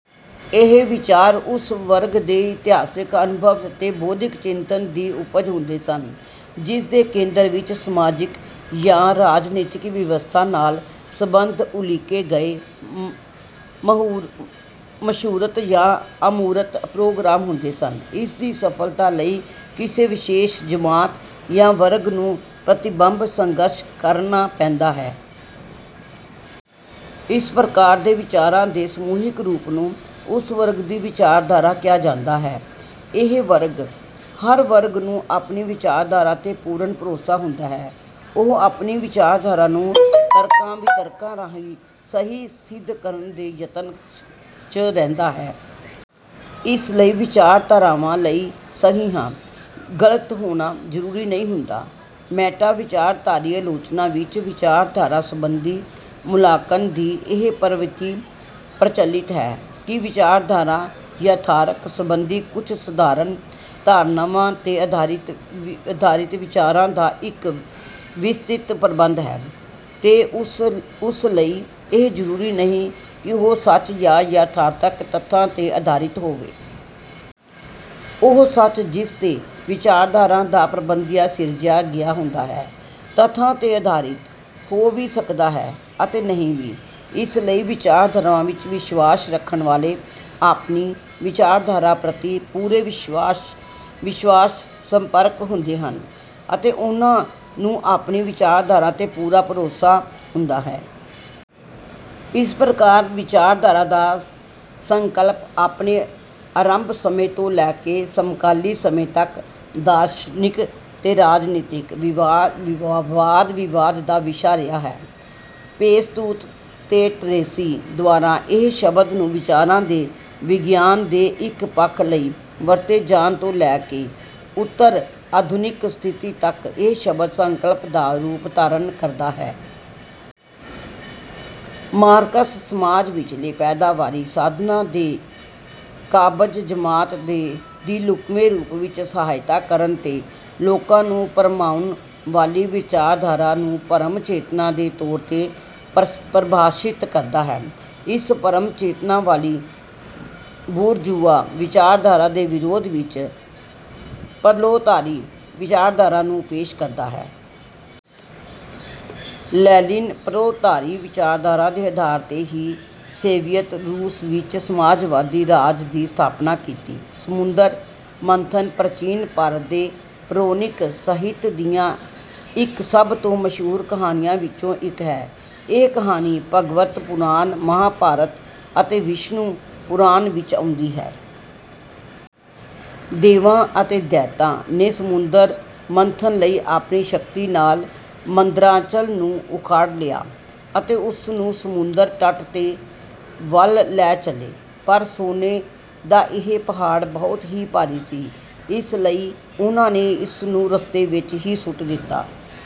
ਇਹ ਵਿਚਾਰ ਉਸ ਵਰਗ ਦੇ ਇਤਿਹਾਸਿਕ ਅਨੁਭਵ ਅਤੇ ਬੌਧਿਕ ਚਿੰਤਨ ਦੀ ਉਪਜ ਹੁੰਦੇ ਹਨ, ਜਿਸ ਦੇ ਕੇਂਦਰ ਵਿੱਚ ਸਮਾਜਿਕ ਜਾਂ ਰਾਜਨੀਤਿਕ ਵਿਵਸਥਾ ਨਾਲ ਸੰਬੰਧਤ ਉਲੀਕੇ ਗਏ ਸਮੂਰਤ ਜਾਂ ਅਮੂਰਤ ਪ੍ਰੋਗਰਾਮ ਹੁੰਦੇ ਹਨ। ਇਸ ਦੀ ਸਫਲਤਾ ਲਈ ਕਿਸੇ ਵਿਸ਼ੇਸ਼ ਜਮਾਤ ਜਾਂ ਵਰਗ ਨੂੰ ਪ੍ਰਤੀਬੱਧ ਸੰਘਰਸ਼ ਕਰਨਾ ਪੈਂਦਾ ਹੈ। ਇਸ ਪ੍ਰਕਾਰ ਦੇ ਵਿਚਾਰਾਂ ਦੇ ਸਮੂਹਿਕ ਰੂਪ ਨੂੰ ਉਸ ਵਰਗ ਦੀ ਵਿਚਾਰਧਾਰਾ ਕਿਹਾ ਜਾਂਦਾ ਹੈ। ਹਰ ਵਰਗ ਨੂੰ ਆਪਣੀ ਵਿਚਾਰਧਾਰਾ 'ਤੇ ਪੂਰਨ ਭਰੋਸਾ ਹੁੰਦਾ ਹੈ। ਉਹ ਆਪਣੀ ਵਿਚਾਰਧਾਰਾ ਨੂੰ ਤਰਕਾਂ-ਵਿਤਰਕਾਂ ਰਾਹੀਂ ਸਹੀ ਸਿੱਧ ਕਰਨ ਦੇ ਯਤਨ 'ਚ ਰਹਿੰਦਾ ਹੈ। ਇਸ ਲਈ ਵਿਚਾਰਧਾਰਾਵਾਂ ਲਈ ਸਹੀ ਜਾਂ ਗ਼ਲਤ ਹੋਣਾ ਜ਼ਰੂਰੀ ਨਹੀਂ ਹੁੰਦਾ। ਮੈਟਾ-ਵਿਚਾਰਧਾਰਾਈ ਆਲੋਚਨਾ ਵਿੱਚ ਵਿਚਾਰਧਾਰਾ ਸੰਬੰਧੀ ਮੁਲਾਂਕਣ ਦੀ ਇਹ ਪ੍ਰਵਿਰਤੀ ਪ੍ਰਚਲਿਤ ਹੈ ਕਿ 'ਵਿਚਾਰਧਾਰਾ ਯਥਾਰਥ ਸੰਬੰਧੀ ਕੁੱਝ ਸਾਧਾਰਨ ਧਾਰਨਾਵਾਂ 'ਤੇ ਆਧਾਰਿਤ ਵਿਚਾਰਾਂ ਦਾ ਇੱਕ ਵਿਸਤ੍ਰਿਤ ਪ੍ਰਬੰਧ ਹੈ, ਤੇ ਉਸ ਲਈ ਇਹ ਜ਼ਰੂਰੀ ਨਹੀਂ ਕਿ ਉਹ ਸੱਚ ਜਾਂ ਯਥਾਰਥਕ ਤੱਥਾਂ 'ਤੇ ਆਧਾਰਿਤ ਹੋਵੇ। ਉਹ ਸੱਚ ਜਿਸ 'ਤੇ ਵਿਚਾਰਧਾਰਾ ਦਾ ਪ੍ਰਬੰਧ ਸਿਰਜਿਆ ਗਿਆ ਹੁੰਦਾ ਹੈ, ਤੱਥਾਂ 'ਤੇ ਆਧਾਰਿਤ ਹੋ ਵੀ ਸਕਦਾ ਹੈ ਅਤੇ ਨਹੀਂ ਵੀ।' ਇਸ ਲਈ ਵਿਚਾਰਧਾਰਾ ਵਿੱਚ ਵਿਸ਼ਵਾਸ ਰੱਖਣ ਵਾਲੇ ਆਪਣੀ ਵਿਚਾਰਧਾਰਾ ਪ੍ਰਤੀ ਪੂਰੇ ਵਿਸ਼ਵਾਸਪਰਕ ਹੁੰਦੇ ਹਨ, ਤੇ ਉਨ੍ਹਾਂ ਨੂੰ ਆਪਣੀ ਵਿਚਾਰਧਾਰਾ 'ਤੇ ਪੂਰਾ ਭਰੋਸਾ ਹੁੰਦਾ ਹੈ। ਇਸ ਪ੍ਰਕਾਰ ਵਿਚਾਰਧਾਰਾ ਦਾ ਸੰਕਲਪ ਆਪਣੇ ਆਰੰਭਕ ਸਮੇਂ ਤੋਂ ਲੈ ਕੇ ਸਮਕਾਲੀ ਸਮੇਂ ਤੱਕ ਦਾਰਸ਼ਨਿਕ ਤੇ ਰਾਜਨੀਤਿਕ ਵਾਦ-ਵਿਵਾਦ ਦਾ ਵਿਸ਼ਾ ਰਿਹਾ ਹੈ। ਡੇਸਤੁਤ ਦੇ ਟਰੇਸੀ ਦੁਆਰਾ ਇਸ ਸ਼ਬਦ ਨੂੰ ਵਿਚਾਰਾਂ ਦੇ ਵਿਗਿਆਨ ਦੇ ਇੱਕ ਪੱਖ ਲਈ ਵਰਤੇ ਜਾਣ ਤੋਂ ਲੈ ਕੇ ਉੱਤਰ-ਆਧੁਨਿਕ ਸਥਿਤੀ ਤੱਕ ਇਹ ਸ਼ਬਦ ਸੰਕਲਪ ਦਾ ਰੂਪ ਧਾਰਨ ਕਰਦਾ ਹੈ। ਮਾਰਕਸ ਸਮਾਜ ਵਿਚਲੇ ਪੈਦਾਵਾਰੀ ਸਾਧਨਾਂ 'ਤੇ ਕਾਬਜ਼ ਜਮਾਤ ਦੀ ਲੁਕਵੇਂ ਰੂਪ ਵਿੱਚ ਸਹਾਇਤਾ ਕਰਨ ਤੇ ਲੋਕਾਂ ਨੂੰ ਭਰਮਾਉਣ ਵਾਲੀ ਵਿਚਾਰਧਾਰਾ ਨੂੰ ਭਰਮ-ਚੇਤਨਾ ਦੇ ਤੌਰ 'ਤੇ ਪ੍ਰਭਾਸ਼ਿਤ ਕਰਦਾ ਹੈ। ਇਸ ਭਰਮ-ਚੇਤਨਾ ਵਾਲੀ ਬੁਰਜ਼ੂਆ ਵਿਚਾਰਧਾਰਾ ਦੇ ਵਿਰੋਧ ਵਿੱਚ ਪ੍ਰੋਲੇਤਾਰੀ ਵਿਚਾਰਧਾਰਾ ਨੂੰ ਪੇਸ਼ ਕਰਦਾ ਹੈ। ਲੈਨਿਨ ਪ੍ਰੋਲੇਤਾਰੀ ਵਿਚਾਰਧਾਰਾ ਦੇ ਆਧਾਰ 'ਤੇ ਹੀ ਸੋਵੀਅਤ ਰੂਸ ਵਿੱਚ ਸਮਾਜਵਾਦੀ ਰਾਜ ਦੀ ਸਥਾਪਨਾ ਕੀਤੀ। ਸਮੁੰਦਰ ਮੰਥਨ ਪ੍ਰਾਚੀਨ ਭਾਰਤ ਦੇ ਪੌਰਾਣਿਕ ਸਾਹਿਤ ਦੀਆਂ ਇੱਕ ਸਭ ਤੋਂ ਮਸ਼ਹੂਰ ਕਹਾਣੀਆਂ ਵਿੱਚੋਂ ਇੱਕ ਹੈ। ਇਹ ਕਹਾਣੀ ਭਾਗਵਤ ਪੁਰਾਣ, ਮਹਾਭਾਰਤ, ਅਤੇ ਵਿਸ਼ਨੂ ਪੁਰਾਣ ਵਿੱਚ ਆਉਂਦੀ ਹੈ। ਦੇਵਾਂ ਅਤੇ ਦੈਤਾਂ ਨੇ ਸਮੁੰਦਰ ਮੰਥਨ ਲਈ ਆਪਣੀ ਸ਼ਕਤੀ ਨਾਲ ਮੰਦਰਾਚਲ ਨੂੰ ਉਖਾੜ ਲਿਆ ਅਤੇ ਉਸਨੂੰ ਸਮੁੰਦਰ ਤਟ ਦੇ ਵੱਲ ਲੈ ਚਲੇ। ਪਰ ਸੋਨੇ ਦਾ ਇਹ ਪਹਾੜ ਬਹੁਤ ਹੀ ਭਾਰੀ ਸੀ, ਇਸ ਲਈ ਉਨ੍ਹਾਂ ਨੇ ਇਸਨੂੰ ਰਸਤੇ ਵਿੱਚ ਹੀ ਸੁੱਟ ਦਿੱਤਾ।